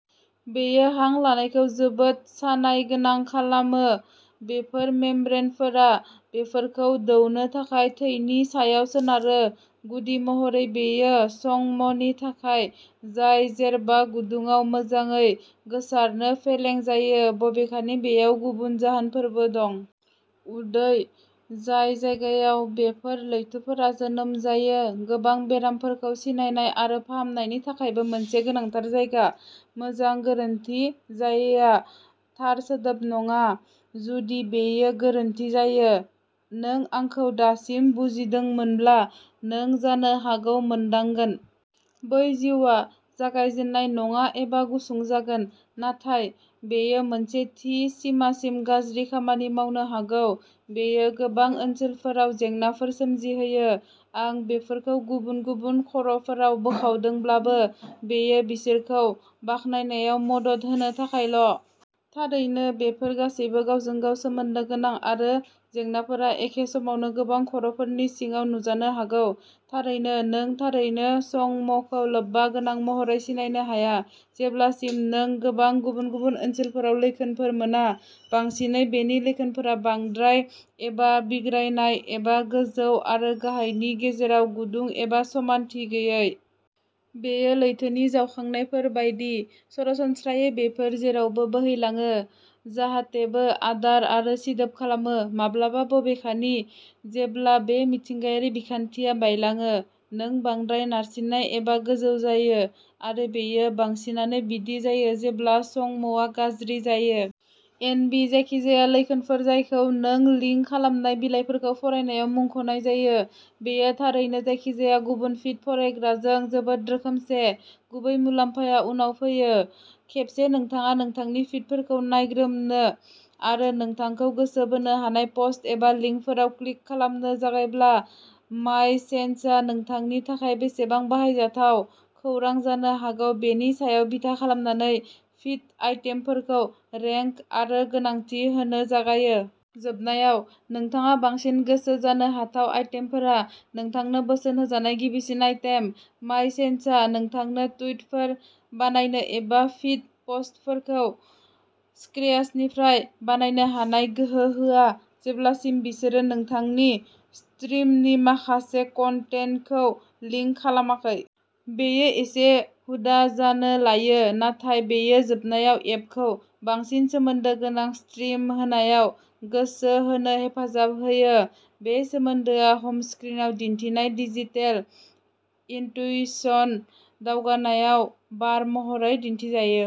बेयो हां लानायखौ जोबोद सानाय गोनां खालामो। बेफोर मेम्ब्रेनफोरा बेफोरखौ दौनो थाखाय थैनि सायाव सोनारोः गुदि महरै बेयो चं म'नि थाखाय, जाय जेरबा गुदुङाव मोजाङै गोसारनो फेलें जायो, बबेखानि बेयाव गुबुन जाहोनफोरबो दं। उदै, जाय जायगायाव बेफोर लैथोफोरा जोनोम जायो, गोबां बेरामफोरखौ सिनायनाय आरो फाहामनायनि थाखायबो मोनसे गोनांथार जायगा। मोजां,'गोरोन्थि जायो'आ थार सोदोब नङा! जुदि बेयो गोरोन्थि जायो, नों आंखौ दासिम बुजिदोंमोनब्ला, नों जानो हागौ मोनदांगोन। बै जिउआ जागाय जेननाय नङा एबा गुसुं जागोन। नाथाय बेयो मोनसे थि सिमासिम गाज्रि खामानि मावनो हागौ। बेयो गोबां ओनसोलफोराव जेंनाफोर सोमजिहोयो। आं बेफोरखौ गुबुन गुबुन खर'फोराव बोखावदोंब्लाबो, बेयो बिसोरखौ बाखनायनायाव मदद होनो थाखायल'। थारैनो, बेफोर गासैबो गावजों-गाव सोमोन्दो गोनां आरो जेंनाफोरा एखे समावनो गोबां खर'फोरनि सिङाव नुजानो हागौ। थारैनो, नों थारैनो चं म'खौ लोब्बा गोनां महरै सिनायनो हाया जेब्लासिम नों गोबां गुबुन-गुबुन ओनसोलफोराव लैखोनफोर मोना। बांसिनै, बेनि लैखोनफोरा बांद्राय, एबा'बिग्रायनाय', एबा गोजौ आरो गाहायनि गेजेराव गुदुं एबा समानथि गैयै। बेयो लैथोनि जावखांनायफोर बायदि। सरासनस्रायै बेफोर जेरावबो बोहैलाङो, जाहातेबो आदार आरो सिदोब खालामो। माब्लाबा, बबेखानि, जेब्ला बे मिथिंगायारि बिखान्थिया बायलाङो, नों बांद्राय नारसिननाय एबा गोजौ जायो, आरो बेयो बांसिनानो बिदि जायो जेब्ला चं म'आ गाज्रि जायो। एन. बि. जायखिजाया लैखोनफोर जायखौ नों लिंक खालामनाय बिलाइफोरखौ फरायनायाव मुंख'नाय जायो। बेयो थारैनो जायखिजाया गुबुन फिड फरायग्राजों जोबोद रोखोमसे। गुबै मुलाम्फाया उनाव फैयो। खेबसे नोंथाङा नोंथांनि फिडफोरखौ नायग्रोमनो आरो नोंथांखौ गोसो बोनो हानाय पस्ट एबा लिंकफोराव क्लिक खालामनो जागायब्ला, माय सेन्सआ नोंथांनि थाखाय बेसेबां बाहायजाथाव खौरां जानो हागौ बेनि सायाव बिथा खालामनानै फिड आइटेमफोरखौ रेंक आरो गोनांथि होनो जागायो। जोबनायाव, नोंथाङा बांसिन गोसो जानो हाथाव आइटेमफोरा नोंथांनो बोसोन होजानाय गिबिसिन आइटेम। माय सेन्सआ नोंथांनो टुइटफोर बानायनो एबा फिड पस्टफोरखौ स्क्र्याचनिफ्राय बानायनो हानाय गोहो होआ, जेब्लासिम बिसोरो नोंथांनि स्ट्रिमनि माखासे कन्टेन्टजों लिंक खालामाखै। बेयो एसे हुदा जानो लायो, नाथाय बेयो जोबनायाव एपखौ बांसिन सोमोन्दो गोनां स्ट्रिम होनायाव गोसो होनो हेफाजाब होयो। बे सोमोन्दोआ हम स्क्रिनआव दिन्थिनाय "डिजिटेल इन्टुइशन" दावगानाय बार महरै दिन्थिजायो।